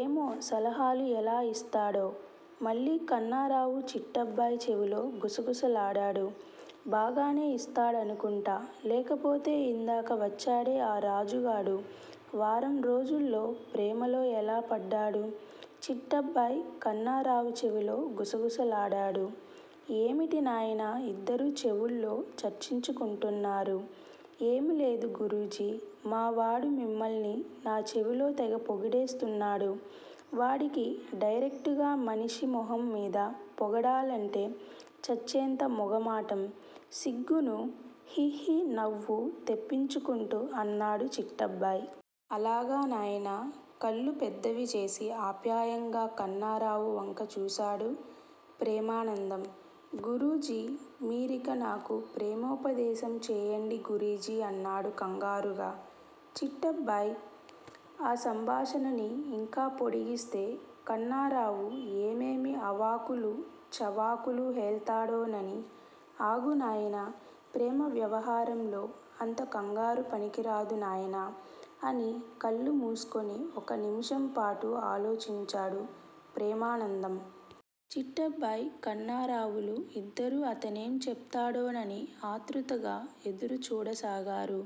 ఏమో! సలహాలు ఎలా ఇస్తాడో?? మళ్ళీ కన్నారావు చిట్టబ్బాయి చెవిలో గుసగుసలాడాడు. బాగానే ఇస్తాడనుకుంటా లేకపోతే ఇందాక వచ్చాడే ఆ రాజుగాడు వారం రోజుల్లో ప్రేమలో ఎలా పడ్తాడు? చిట్టబ్బాయి కన్నారావు చెవిలో గుసగుసలాడాడు. ఏమిటి నాయనా ఇద్దరూ చెవుల్లో చర్చించుకుంటున్నారు? ఏంలేదు గురూజీ మావాడు మిమ్మల్ని నా చెవిలో తెగ పొగిడేస్తున్నాడు వాడికి డైరెక్టుగా మనిషి మొహం మీద పొగడాలంటే చచ్చేంత మొగమాటం సిగ్గూనూ హిహి నువ్వు తెప్పించుకుంటూ అన్నాడు చిట్టబ్బాయ్. అలాగా నాయనా? కళ్ళు పెద్దవిచేసి అప్యాయంగా కన్నారావు వంక చూశాడు ప్రేమానందం. గురూజీ మీరిక నాకు ప్రేమోపదేశం చెయ్యండి గురూజీ అన్నాడు కంగారుగా చిట్టబ్బాయ్ ఆ సంభాషణని ఇంకా పొడిగిస్తే కన్నారావు ఏమేమి అవాకులూ చవాకులూ పేల్తాడోనని. అగు నాయనా ప్రేమ వ్యవహారంలో అంత కంగారు పనికిరాదు నాయనా అని కళ్ళు మూస్కుని ఒక నిముషంపాటు ఆలోచించాడు ప్రేమానందం. చిట్టబ్బాయ్ కన్నారావులు ఇద్దరూ అతనేం చెప్తాడోనని ఆతృతగా ఎదురు చూడసాగారు.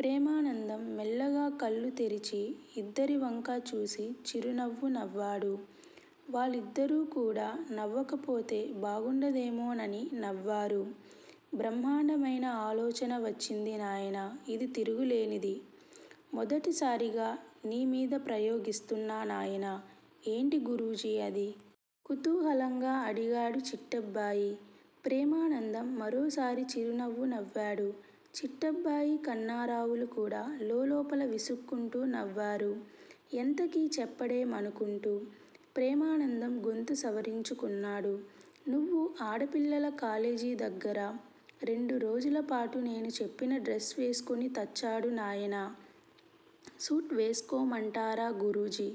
ప్రేమానందం మెల్లగా కళ్ళు తెరిచి ఇద్దరి వంకా చూసి చిరునవ్వు నవ్వాడు. వాళ్ళిద్దరూ కూడా నవ్వకపోతే బాగుండదేమోనని నవ్వారు. బ్రహ్మండమైన ఆలోచన వచ్చింది నాయనా ఇది తిరుగులేనిది మొదటిసారిగా నీ మీద ప్రయోగిస్తున్నా నాయనా ఏంటి గురూజీ అది? కుతూహలంగా అడిగాడు చిట్టబ్బాయి. ప్రేమానందం మరోసారి చిరునవ్వు నవ్వాడు. చిట్టబ్బాయి, కన్నారావులు కూడా లోలోపల విసుక్కుంటూ నవ్వారు. ఎంతకీ చెప్పడేం అనుకుంటూ. ప్రేమానందం గొంతు సవరించుకున్నాడు. నువ్వు ఆడపిల్లల కాలేజీ దగ్గర రెండు రోజులపాటు నేను చెప్పిన డ్రెస్ వేస్కుని తచ్చాడు నాయన సూట్ వేస్కోమంటారా గురూజీ?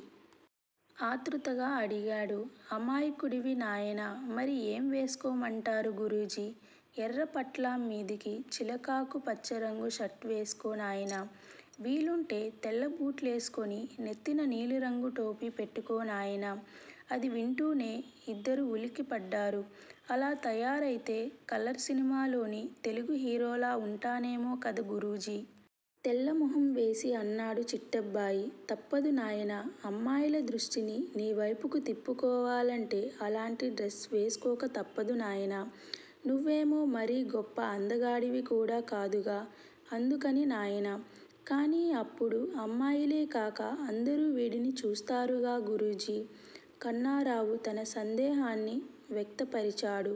ఆతృతంగా అడిగాడు. అమాయకుడివి నాయనా మరి ఏం వేస్కోమంటారు గురూజీ? ఎర్రపంట్లాం మీదికి చిలకాకు పచ్చరంగు షర్టు వేస్కో నాయనా వీలుంటే తెల్లబూట్లేస్కునినెత్తిన నీలిరంగు టోపీ పెట్టుకో నాయన అది వింటూనే ఇద్దరూ ఉలిక్కిపడ్డారు. అలా తయారైతే కలర్ సినిమాలోని తెలుగు హీరోలా ఉంటానేమో కద గురూజీ? తెల్లమొహం వేసి అన్నాడు చిట్టబ్బాయి. తప్పదు నాయనా అమ్మాయిల దృష్టిని నీవైపుకి తిప్పుకోవాలంటే అలాంటి డ్రెస్ వేస్కోక తప్పదు నాయనా నువ్వేమో మరీ గొప్ప అందగాడివి కూడా కాదుగా అందుకని నాయనా కానీ అప్పుడు అమ్మాయిలే కాక అందరూ వీడిని చూస్తారుగా గురూజీ? కన్నారావు తన సందేహాన్ని వ్యక్తపరిచాడు.